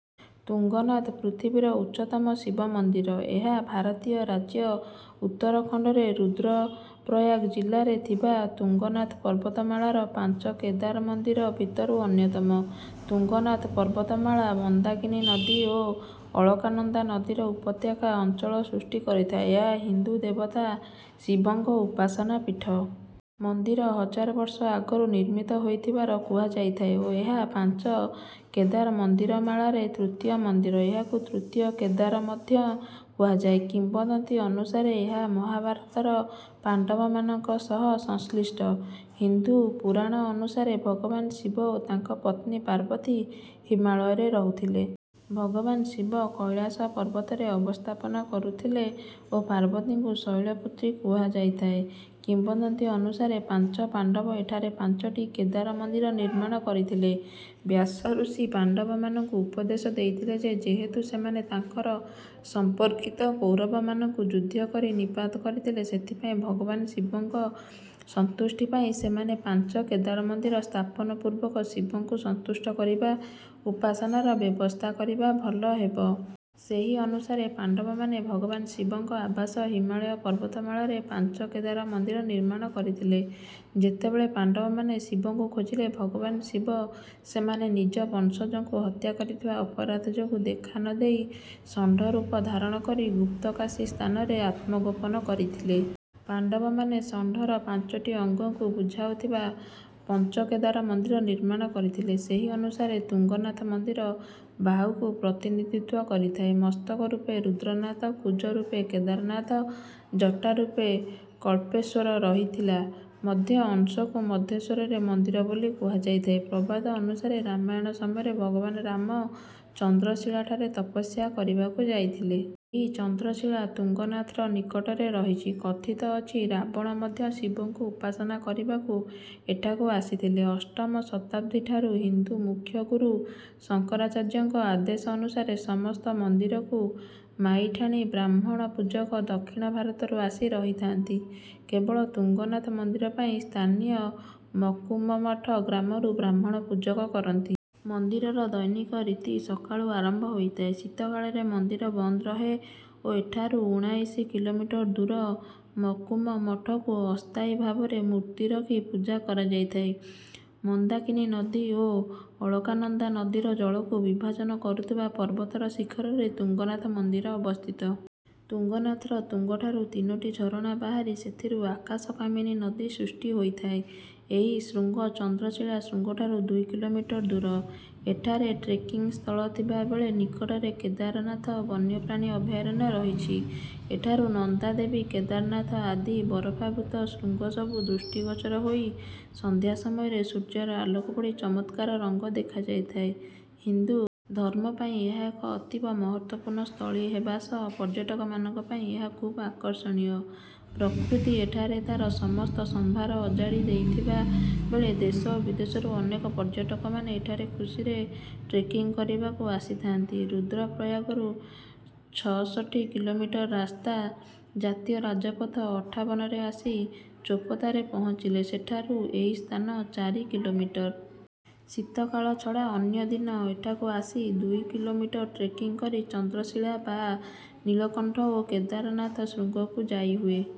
ତୁଙ୍ଗନାଥ, ପୃଥିବୀର ଉଚ୍ଚତମ ଶିବ ମନ୍ଦିର। ଏହା ଭାରତୀୟ ରାଜ୍ୟ ଉତ୍ତରଖଣ୍ଡର ରୁଦ୍ରପ୍ରୟାଗ ଜିଲ୍ଲାରେ ଥିବା ତୁଙ୍ଗନାଥ ପର୍ବତମାଳାର ପାଞ୍ଚ କେଦାର ମନ୍ଦିର ଭିତରୁ ଅନ୍ୟତମ। ତୁଙ୍ଗନାଥ ପର୍ବତମାଳା ମନ୍ଦାକିନୀ ନଦୀ ଓ ଅଳକାନନ୍ଦା ନଦୀର ଉପତ୍ୟକା ଅଞ୍ଚଳ ସୃଷ୍ଟି କରିଥାଏ। ଏହା ହିନ୍ଦୁ ଦେବତା ଶିବଙ୍କ ଉପାସନା ପୀଠ। ମନ୍ଦିର ହଜାର ବର୍ଷ ଆଗରୁ ନିର୍ମିତ ହୋଇଥିବାର କୁହାଯାଇଥାଏ ଓ ଏହା ପାଞ୍ଚ କେଦାର ମନ୍ଦିରମାଳାରେ ତୃତୀୟ ମନ୍ଦିର। ଏହାକୁ ତୃତୀୟ କେଦାର ମଧ୍ୟ କୁହାଯାଏ। କିମ୍ବଦନ୍ତୀ ଅନୁସାରେ ଏହା ମହାଭାରତର ପାଣ୍ଡବମାନଙ୍କ ସହ ସଂଶ୍ଳିଷ୍ଟ। ହିନ୍ଦୁ ପୁରାଣ ଅନୁସାରେ ଭଗବାନ ଶିବ ଓ ତାଙ୍କ ପତ୍ନୀ ପାର୍ବତୀ ହିମାଳୟରେ ରହୁଥିଲେ। ଭଗବାନ ଶିବ କୈଲାସ ପର୍ବତରେ ଅବସ୍ଥାନ କରୁଥିଲେ ଓ ପାର୍ବତୀଙ୍କୁ ଶୈଳପୁତ୍ରୀ କୁହାଯାଇଥାଏ। କିମ୍ବଦନ୍ତୀ ଅନୁସାରେ ପାଞ୍ଚ ପାଣ୍ଡବ ଏଠାରେ ପାଞ୍ଚଟି କେଦାର ମନ୍ଦିର ନିର୍ମାଣ କରିଥିଲେ। ବ୍ୟାସ ଋଷି ପାଣ୍ଡବମାନଙ୍କୁ ଉପଦେଶ ଦେଇଥିଲେ ଯେ ଯେହେତୁ ସେମାନେ ତାଙ୍କର ସମ୍ପର୍କିତ କୌରବମାନଙ୍କୁ ଯୁଦ୍ଧ କରି ନିପାତ କରିଥିଲେ, ସେଥିପାଇଁ ଭଗବାନ ଶିବଙ୍କ ସନ୍ତୁଷ୍ଟି ପାଇଁ ସେମାନେ ପାଞ୍ଚ କେଦାର ମନ୍ଦିର ସ୍ଥାପନା ପୂର୍ବକ ଶିବଙ୍କୁ ସନ୍ତୁଷ୍ଟ କରିବା ଉପାସନାର ବ୍ୟବସ୍ଥା କରିବା ଭଲ ହେବ। ସେହି ଅନୁସାରେ ପାଣ୍ଡବମାନେ ଭଗବାନ ଶିବଙ୍କ ଆବାସ ହିମାଳୟ ପର୍ବତମାଳାରେ ପାଞ୍ଚ କେଦାର ମନ୍ଦିର ନିର୍ମାଣ କରିଥିଲେ। ଯେତେବେଳେ ପାଣ୍ଡବମାନେ ଶିବଙ୍କୁ ଖୋଜିଲେ, ଭଗବାନ ଶିବ ସେମାନେ ନିଜ ବଂଶଜଙ୍କୁ ହତ୍ୟା କରିଥିବା ଅପରାଧ ଯୋଗୁଁ ଦେଖା ନ ଦେଇ ଷଣ୍ଢରୂପ ଧାରଣ କରି ଗୁପ୍ତକାଶୀ ସ୍ଥାନରେ ଆତ୍ମଗୋପନ କରିଥିଲେ। ପାଣ୍ଡବମାନେ ଷଣ୍ଢର ପାଞ୍ଚଟି ଅଙ୍ଗକୁ ବୁଝାଉଥିବା ପଞ୍ଚକେଦାର ମନ୍ଦିର ନିର୍ମାଣ କରିଥିଲେ। ସେହି ଅନୁସାରେ ତୁଙ୍ଗନାଥ ମନ୍ଦିର ବାହୁକୁ ପ୍ରତିନିଧିତ୍ୱ କରିଥାଏ। ମସ୍ତକ ରୂପେ ରୁଦ୍ରନାଥ, କୁଜ ରୂପେ କେଦାରନାଥ, ଜଟା ରୂପେ କଳ୍ପେଶ୍ୱର ରହିଥିଲା। ମଧ୍ୟ ଅଂଶକୁ ମଧ୍ୟମେଶ୍ୱର ମନ୍ଦିର ବୋଲି କୁହାଯାଇଥାଏ। ପ୍ରବାଦ ଅନୁସାରେ ରାମାୟଣ ସମୟରେ ଭଗବାନ ରାମ ଚନ୍ଦ୍ରଶିଳାଠାରେ ତପସ୍ୟା କରିବାକୁ ଯାଇଥିଲେ। ଏହି ଚନ୍ଦ୍ରଶିଳା ତୁଙ୍ଗନାଥର ନିକଟରେ ରହିଛି। କଥିତ ଅଛି, ରାବଣ ମଧ୍ୟ ଶିବଙ୍କୁ ଉପାସନା କରିବାକୁ ଏଠାକୁ ଆସିଥିଲେ। ଅଷ୍ଟମ ଶତାବ୍ଦୀଠାରୁ ହିନ୍ଦୁ ମୁଖ୍ୟ ଗୁରୁ ଶଙ୍କରାଚାର୍ଯ୍ୟଙ୍କ ଆଦେଶ ଅନୁସାରେ ସମସ୍ତ ମନ୍ଦିରକୁ ମାଇଠାଣି ବ୍ରାହ୍ମଣ ପୂଜକ ଦକ୍ଷିଣ ଭାରତରୁ ଆସି ରହିଥାନ୍ତି। କେବଳ ତୁଙ୍ଗନାଥ ମନ୍ଦିର ପାଇଁ ସ୍ଥାନୀୟ ମକୁମମଠ ଗ୍ରାମରୁ ବ୍ରାହ୍ମଣ ପୂଜକ ରହନ୍ତି। ମନ୍ଦିରର ଦୈନିକ ରୀତି ସକାଳୁ ଆରମ୍ଭ ହୋଇଥାଏ। ଶୀତକାଳରେ ମନ୍ଦିର ବନ୍ଦ ରହେ ଓ ଏଠାରୁ ଉଣାଇଶ କିଲୋମିଟର ଦୂର ମକୁମମଠକୁ ଅସ୍ଥାୟୀ ଭାବରେ ମୂର୍ତ୍ତି ରଖି ପୂଜା କରାଯାଇଥାଏ। ମନ୍ଦାକିନୀ ନଦୀ ଓ ଅଳକାନନ୍ଦା ନଦୀର ଜଳକୁ ବିଭାଜନ କରୁଥିବା ପର୍ବତର ଶିଖରରେ ତୁଙ୍ଗନାଥ ମନ୍ଦିର ଅବସ୍ଥିତ। ତୁଙ୍ଗନାଥର ତୁଙ୍ଗଠାରୁ ତିନୋଟି ଝରଣା ବାହାରି ସେଥିରୁ ଆକାଶକାମିନୀ ନଦୀ ସୃଷ୍ଟି ହୋଇଥାଏ। ଏହି ଶୃଙ୍ଗ ଚନ୍ଦ୍ରଶିଳା ଶୃଙ୍ଗଠାରୁ ଦୁଇ କିଲୋମିଟର ଦୂର। ଏଠାରେ ଟ୍ରେକିଂ ସ୍ଥଳ ଥିବା ବେଳେ ନିକଟରେ କେଦାରନାଥ ବନ୍ୟପ୍ରାଣୀ ଅଭୟାରଣ୍ୟ ରହିଛି। ଏଠାରୁ ନନ୍ଦାଦେବୀ, କେଦାରନାଥ ଆଦି ବରଫାବୃତ ଶୃଙ୍ଗସବୁ ଦୃଷ୍ଟିଗୋଚର ହୋଇ ସନ୍ଧ୍ୟା ସମୟରେ ସୂର୍ଯ୍ୟର ଆଲୋକ ପଡ଼ି ଚମତ୍କାର ରଙ୍ଗ ଦେଖାଯାଇଥାଏ। ହିନ୍ଦୁ ଧର୍ମ ପାଇଁ ଏହା ଏକ ଅତୀବ ମହତ୍ତ୍ୱପୂର୍ଣ୍ଣ ସ୍ଥଳୀ ହେବା ସହ ପର୍ଯ୍ୟଟକମାନଙ୍କ ପାଇଁ ଏହା ଖୁବ୍ ଆକର୍ଷଣୀୟ। ପ୍ରକୃତି ଏଠାରେ ତାର ସମସ୍ତ ସମ୍ଭାର ଅଜାଡ଼ି ଦେଇଥିବା ବେଳେ ଦେଶ ଓ ବିଦେଶରୁ ଅନେକ ପର୍ଯ୍ୟଟକମାନେ ଏଠାରେ ଖୁସିରେ ଟ୍ରେକିଂ କରିବାକୁ ଆସିଥାନ୍ତି। ରୁଦ୍ରପ୍ରୟାଗରୁ ଛଷଠି କିଲୋମିଟର ରାସ୍ତା ଜାତୀୟ ରାଜପଥ ଅଠାବନରେ ଆସି ଚୋପତାରେ ପହଞ୍ଚିଲେ, ସେଠାରୁ ଏହି ସ୍ଥାନ ଚାରି କିଲୋମିଟର। ଶୀତକାଳ ଛଡ଼ା ଅନ୍ୟ ଦିନ ଏଠାକୁ ଆସି ଦୁଇ କିଲୋମିଟର ଟ୍ରେକିଂ କରି ଚନ୍ଦ୍ରଶିଳା ବା ନୀଳକଣ୍ଠ ଓ କେଦାରନାଥ ଶୃଙ୍ଗକୁ ଯାଇହୁଏ।